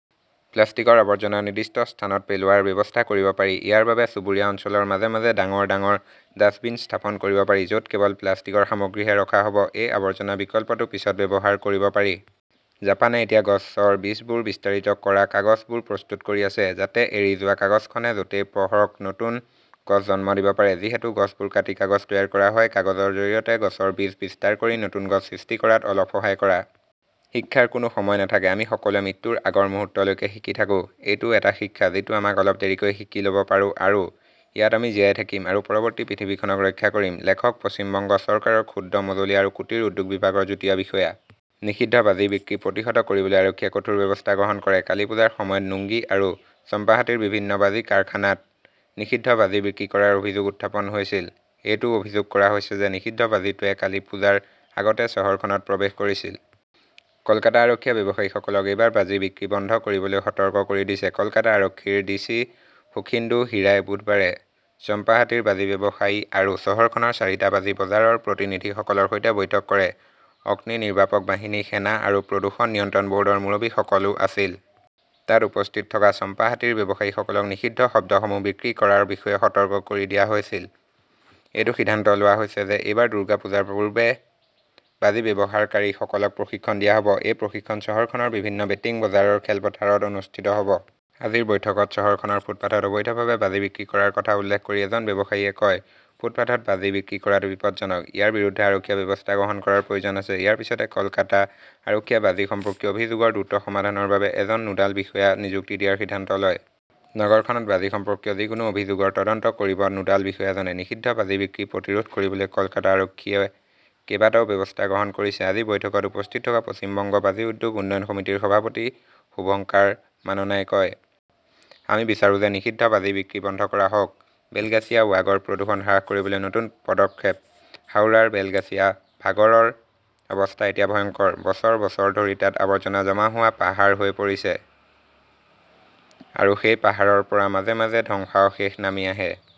প্লাষ্টিকৰ আৱৰ্জনা নিৰ্দিষ্ট স্থানত পেলোৱাৰ ব্যৱস্থা কৰিব পাৰি। ইয়াৰ বাবে চুবুৰীয়া অঞ্চলৰ মাজে-মাজে ডাঙৰ - ডাঙৰ ডাস্টবিন স্থাপন কৰিব পাৰি য'ত কেৱল প্লাষ্টিকৰ সামগ্ৰীহে ৰখা হ'ব। এই আৱৰ্জনা বিকল্পটো পিছত ব্যৱহাৰ কৰিব পাৰি। জাপানে এতিয়া গছৰ বীজবোৰ বিস্তাৰিত কৰা কাগজবোৰ প্ৰস্তুত কৰি আছে। যাতে এৰি যোৱা কাগজখনে য 'তেই পঢ়ক নতুন গছ জন্ম দিব পাৰে। যিহেতু গছবোৰ কাটি কাগজ তৈয়াৰ কৰা হয়, কাগজৰ জৰিয়তে গছৰ বীজ বিস্তাৰ কৰি নতুন গছ সৃষ্টি কৰাত অলপ সহায় কৰা। শিক্ষাৰ কোনো সময় নাথাকে, আমি সকলোৱে মৃত্যুৰ আগৰ মুহূৰ্তলৈকে শিকি থাকো। এইটোও এটা শিক্ষা যিটো আমি অলপ দেৰিকৈ শিকি ল'ব পাৰো আৰু ইয়াত আমি জীয়াই থাকিম আৰু পৰৱৰ্তী পৃথিৱীখনক ৰক্ষা কৰিম। লেখক পশ্চিম বংগ চৰকাৰৰ ক্ষুদ্ৰ, মজলীয়া আৰু কুটীৰ উদ্যোগ বিভাগৰ যুটীয়া বিষয়া। নিষিদ্ধ বাজি বিক্ৰী প্ৰতিহত কৰিবলৈ আৰক্ষীয়ে কঠোৰ ব্যৱস্থা গ্ৰহণ কৰে কালিপূজাৰ সময়ত নুঙ্গি আৰু চম্পাহাটিৰ বিভিন্ন বাজি কাৰখানাত নিষিদ্ধ বাজি বিক্ৰী কৰাৰ অভিযোগ উত্থাপন হৈছিল। এইটোও অভিযোগ কৰা হৈছে যে নিষিদ্ধ বাজিটোৱে কালিপুজাৰ আগতে চহৰখনত প্ৰৱেশ কৰিছিল। কলকাতা আৰক্ষীয়ে ব্যৱসায়ীসকলক এইবাৰ বাজি বিক্ৰী বন্ধ কৰিবলৈ সতৰ্ক কৰি দিছে। কলকাতা আৰক্ষীৰ ডিচি সুখীন্দু হিৰাই বুধবাৰে চম্পাহাটিৰ বাজি ব্যৱসায়ী আৰু চহৰখনৰ চাৰিটা বাজি বজাৰৰ প্ৰতিনিধিসকলৰ সৈতে বৈঠক কৰে। অগ্নিনিৰ্বাপক বাহিনী, সেনা আৰু প্ৰদূষণ নিয়ন্ত্ৰণ বৰ্ডৰ মুৰব্বীসকলও আছিল। তাত উপস্থিত থকা চম্পাহাটিৰ ব্যৱসায়ীসকলক নিষিদ্ধ শব্দসমূহ বিক্ৰী কৰাৰ বিষয়ে সতৰ্ক কৰি দিয়া হৈছিল। এইটো সিদ্ধান্ত লোৱা হৈছে যে এইবাৰ দুৰ্গা পূজাৰ পূৰ্বে বাজি ব্যৱহাৰকাৰীসকলক প্ৰশিক্ষণ দিয়া হ'ব। এই প্ৰশিক্ষণ চহৰখনৰ বিভিন্ন বেটিং বজাৰৰ খেলপথাৰত অনুষ্ঠিত হ'ব। আজিৰ বৈঠকত চহৰখনৰ ফুটপাতত অবৈধভাৱে বাজি বিক্ৰী কৰাৰ কথা উল্লেখ কৰি এজন ব্যৱসায়ীয়ে কয়, ফুটপাতত বাজি বিক্ৰী কৰাটো বিপজ্জনক। ইয়াৰ বিৰুদ্ধে আৰক্ষীয়ে ব্যৱস্থা গ্ৰহণ কৰাৰ প্ৰয়োজন আছে। ইয়াৰ পিছতে কলকাতা আৰক্ষীয়ে বাজি সম্পৰ্কীয় অভিযোগৰ দ্ৰুত সমাধানৰ বাবে এজন নোডাল বিষয়া নিযুক্তি দিয়াৰ সিদ্ধান্ত লয়। নগৰখনত বাজি সম্পৰ্কীয় যিকোনো অভিযোগৰ তদন্ত কৰিব নোডাল বিষয়াজনে। নিষিদ্ধ বাজি বিক্ৰী প্ৰতিৰোধ কৰিবলৈ কলকাতা আৰক্ষীয়ে কেইবাটাও ব্যৱস্থা গ্ৰহণ কৰিছে, আজি বৈঠকত উপস্থিত থকা পশ্চিম বংগ বাজি উদ্যোগ উন্নয়ন সমিতিৰ সভাপতি শুভঙ্কাৰ মাননাই কয়। আমি বিচাৰো যে নিষিদ্ধ বাজি বিক্ৰী বন্ধ কৰা হওক। বেলগাছিয়া ৱাগৰ প্ৰদূষণ হ্ৰাস কৰিবলৈ নতুন পদক্ষেপ হাওৰাৰ বেলগাছিয়া ভাগড়ৰ অৱস্থা এতিয়া ভয়ংকৰ বছৰ - বছৰ ধৰি তাত আৱৰ্জনা জমা হোৱা পাহাৰ হৈ পৰিছে। আৰু সেই পাহাৰৰ পৰা মাজে মাজে ধ্বংসাৱশেষ নামি আহে।